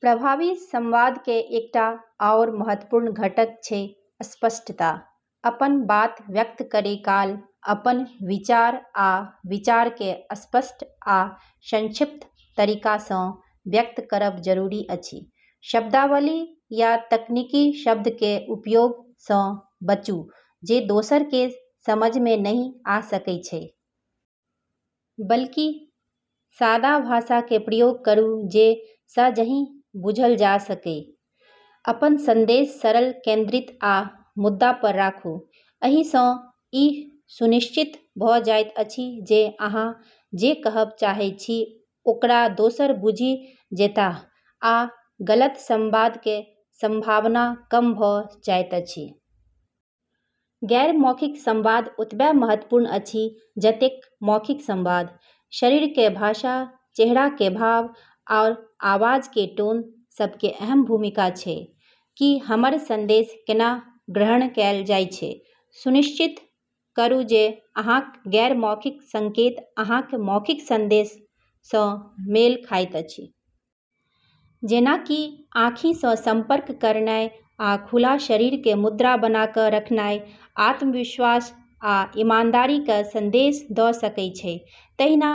प्रभावी संवाद के एकटा आओर महत्वपूर्ण घटक छै स्पष्टता। अपन बात व्यक्त करै काल अपन विचार आ विचार के स्पष्ट आ संक्षिप्त तरीका सँ व्यक्त करब जरूरी अछि। शब्दावली या तकनीकी शब्द के उपयोग सँ बचूँ जे दोसर के समझ में नहि आ सकय छै। बल्कि सादा भाषा के प्रयोग करू जे सहजहि बुझल जा सकय। अपन संदेश सरल, केंद्रित आ मुद्दा पर राखू। एहि सँ ई सुनिश्चित भऽ जाइत अछि जे अहाँ जे कहब चाहै छी ओकरा दोसरो बुझि जेताह आ गलत संवाद के संभावना कम भऽ जाइत अछि। गैर-मौखिक संवाद ओतबे महत्वपूर्ण अछि जतेक मौखिक संवाद। शरीर के भाषा, चेहरा के भाव, आरू आवाज के टोन सब के अहम भूमिका छै कि हमर संदेश केना ग्रहण कएल जाय छै। सुनिश्चित करू जे अहाँक गैर-मौखिक संकेत अहाँक मौखिक संदेश सँ मेल खाइत अछि। जेना कि आँखि सँ संपर्क करनाय आ खुला शरीर के मुद्रा बना कऽ रखनाय आत्मविश्वास आ ईमानदारी के संदेश दऽ सकय छै। तहिना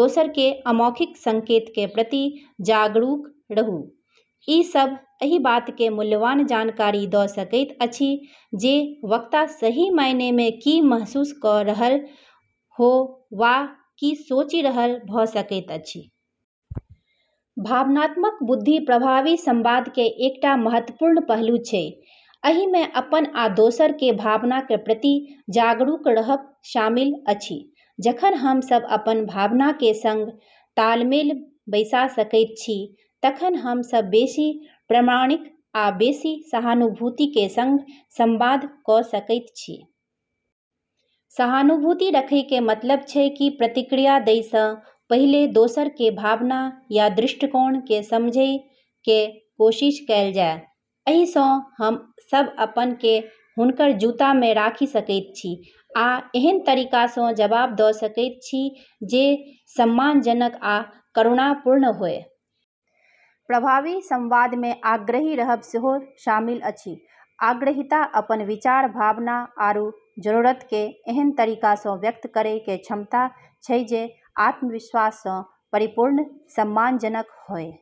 दोसर के अमौखिक संकेत के प्रति जागरूक रहू, ई सभ एहि बात के मूल्यवान जानकारी द' सकैत अछि जे वक्ता सही मायने में की महसूस क' रहल हो वा की सोचि रहल भ' सकैत अछि। भावनात्मक बुद्धि प्रभावी संवाद के एकटा महत्वपूर्ण पहलू छै। एहि में अपन आ दोसर के भावना के प्रति जागरूक रहब शामिल अछि। जखन हम सब अपन भावना के संग तालमेल बैसा सकैत छी तखन हम सब बेसी प्रामाणिक आ बेसी सहानुभूति के संग संवाद क' सकैत छी। सहानुभूति रखै के मतलब छै कि प्रतिक्रिया दै सँ पहिले दोसर के भावना या दृष्टिकोण के समझै के कोशिश कएल जाय। एहि सँ हम सब अपन केँ हुनकर जूता में राखि सकैत छी आ एहन तरीका सँ जवाब द' सकैत छी जे सम्मानजनक आ करुणापूर्ण होय। प्रभावी संवाद में आग्रही रहब सेहो शामिल अछि। आग्रहीता अपन विचार, भावना आरू जरूरत के एहन तरीका सँ व्यक्त करै के क्षमता छै जे आत्मविश्वास सँ परिपूर्ण, सम्मानजनक होय।